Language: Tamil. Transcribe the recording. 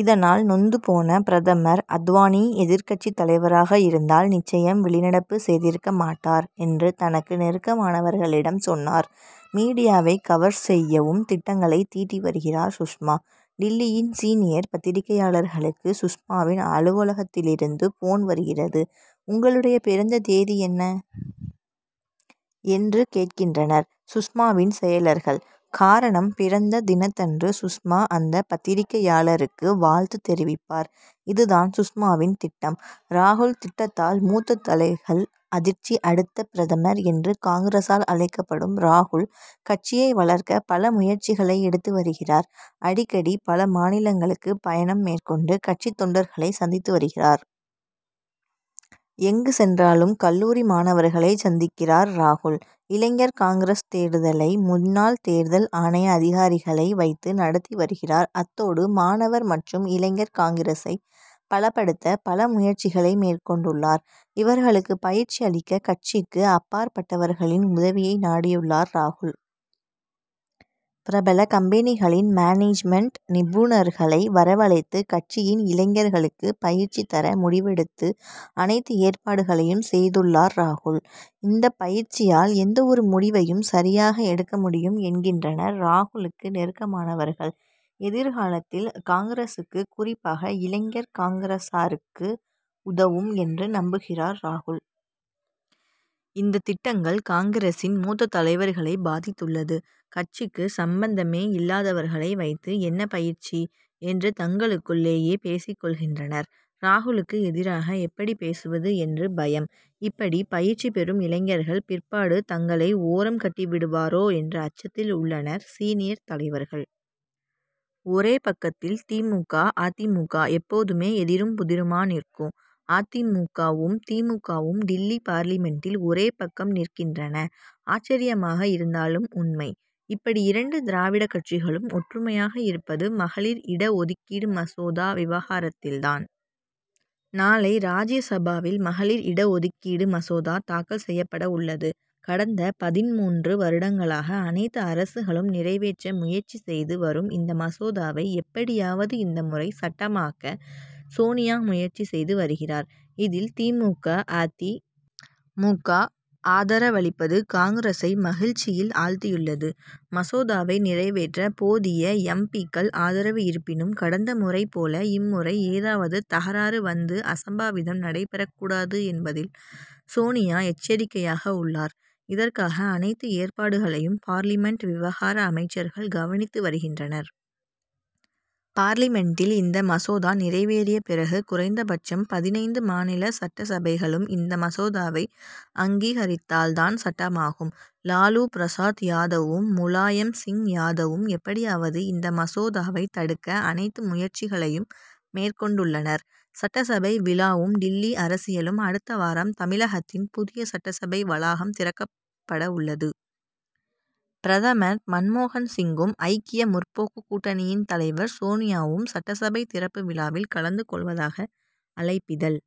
இதனால், நொந்து போன பிரதமர், அத்வானி எதிர்க்கட்சி தலைவராக இருந்தால் நிச்சயம் வெளிநடப்பு செய்திருக்கமாட்டார் என்று தனக்கு நெருக்கமானவர்களிடம் சொன்னார். மீடியாவை கவர் செய்யவும் திட்டங்களை தீட்டி வருகிறார் சுஷ்மா. டில்லியின் சீனியர் பத்திரிகையாளர்களுக்கு சுஷ்மாவின் அலுவலகத்திலிருந்து போன் வருகிறது. உங்களுடைய பிறந்த தேதி என்ன? என்று கேட்கின்றனர் சுஷ்மாவின் செயலர்கள். காரணம் பிறந்த தினத்தன்று சுஷ்மா அந்த பத்திரிகையாளருக்கு வாழ்த்து தெரிவிப்பார். இதுதான் சுஷ்மாவின் திட்டம். ராகுல் திட்டத்தால் மூத்த தலைகள் அதிர்ச்சி அடுத்த பிரதமர் என்று காங்கிரசால் அழைக்கப்படும் ராகுல், கட்சியை வளர்க்க பல முயற்சிகளை எடுத்து வருகிறார். அடிக்கடி பல மாநிலங்களுக்கு பயணம் மேற்கொண்டு கட்சித் தொண்டர்களை சந்தித்து வருகிறார். எங்கு சொன்றாலும் கல்லூரி மாணவர்களை சந்திக்கிறார் ராகுல். இளைஞர் காங்கிரஸ் தேர்தலை முன்னாள் தேர்தல் ஆணைய அதிகாரிகளை வைத்து நடத்தி வருகிறார். அத்தோடு மாணவர் மற்றும் இளைஞர் காங்கிரசை பலப்படுத்த பல முயற்சிகளை மேற்கொண்டுள்ளார். இவர்களுக்கு பயிற்சி அளிக்க கட்சிக்கு அப்பாற்பட்டவர்களின் உதவியை நாடியுள்ளார் ராகுல். பிரபல கம்பெனிகளின் மேனேஜ்மென்ட் நிபுணர்களை வரவழைத்து கட்சியின் இளைஞர்களுக்கு பயிற்சி தர முடிவெடுத்து அனைத்து ஏற்பாடுகளையும் செய்துள்ளார் ராகுல். இந்தப் பயிற்சியால் எந்த ஒரு முடிவையும் சரியாக எடுக்க முடியும் என்கின்றனர் ராகுலுக்கு நெருக்கமானவர்கள். எதிர்காலத்தில் காங்கிரசுக்கு, குறிப்பாக இளைஞர் காங்கிரசாருக்கு உதவும் என்று நம்புகிறார் ராகுல். இந்த திட்டங்கள் காங்கிரசின் மூத்த தலைவர்களை பாதித்துள்ளது. கட்சிக்கு சம்பந்தமே இல் லாதவர்களை வைத்து என்ன பயிற்சி? என்று தங்களுக்குள் ளேயே பேசிக் கொள்கின்றனர். ராகுலுக்கு எதிராக எப்படி பேசுவது என்று பயம். இப்படி பயிற்சி பெறும் இளைஞர்கள், பிற்பாடு தங்களை ஓரம் கட்டிவிடுவரோ என்ற அச்சத்தில் உள்ளனர் சீனியர் தலைவர்கள். ஒரே பக்கத்தில் தி. மு. க., அ. தி. மு. க., எப்போதுமே எதிரும் புதிருமா நிற்கும் அ. தி. மு. க.,வும், தி. மு. க., வும் டில்லி பார்லிமென்டில் ஒரே பக்கம் நிற்கின்றன. ஆச்சரியமாக இருந்தாலும் உண்மை. இப்படி இரண்டு திராவிடக் கட்சிகளும் ஒற்றுமையாக இருப்பது மகளிர் இட ஒதுக்கீடு மசோதா விவகாரத்தில் தான். நாளை ராஜ்யசபாவில் மகளிர் இடஒதுக்கீடு மசோதா தாக்கல் செய்யப்பட உள்ளது. கடந்த பதின்மூன்று வருடங்களாக அனைத்து அரசுகளும் நிறைவேற்ற முயற்சி செய்து வரும் இந்த மசோதாவை, எப்படியாவது இந்த முறை சட்டமாக்க சோனியா முயற்சி செய்து வருகிறார். இதில், தி. மு. க., அ. தி. மு. க., ஆதரவளிப்பது காங்கிரசை மகிழ்ச்சியில் ஆழ்த்தியுள்ளது. மசோதாவை நிறைவேற்ற போதிய எம். பி.,க்கள் ஆதரவு இருப்பினும், கடந்த முறை போல இம்முறை ஏதாவது தகராறு வந்து, அசம்பாவிதம் நடைபெறக் கூடாது என்பதில் சோனியா எச்சரிக்கையாக உள்ளார். இதற்காக, அனைத்து ஏற்பாடுகளையும் பார்லிமென்ட் விவகார அமைச்சர்கள் கவனித்து வருகின்றனர். பார்லிமென்டில் இந்த மசோதா நிறைவேறிய பிறகு, குறைந்தபட்சம் பதினைந்து மாநில சட்டசபைகளும் இந்த மசோதாவை அங்கீகரித்தால் தான் சட்டமாகும். லாலு பிரசாத் யாதவும், முலாயம் சிங் யாதவும் எப்படியாவது இந்த மசோதாவை தடுக்க அனைத்து முயற்சிகளையும் மேற்கொண்டுள்ளனர். சட்டசபை விழாவும் டில்லி அரசியலும் அடுத்த வாரம் தமிழகத்தின் புதிய சட்டசபை வளாகம் திறக்கப்படவுள்ளது. பிரதமர் மன்மோகன் சிங்கும், ஐக்கிய முற்போக்கு கூட்டணியின் தலைவர் சோனியாவும் சட்டசபை திறப்பு விழாவில் கலந்து கொள்வதாக அழைப்பிதழ்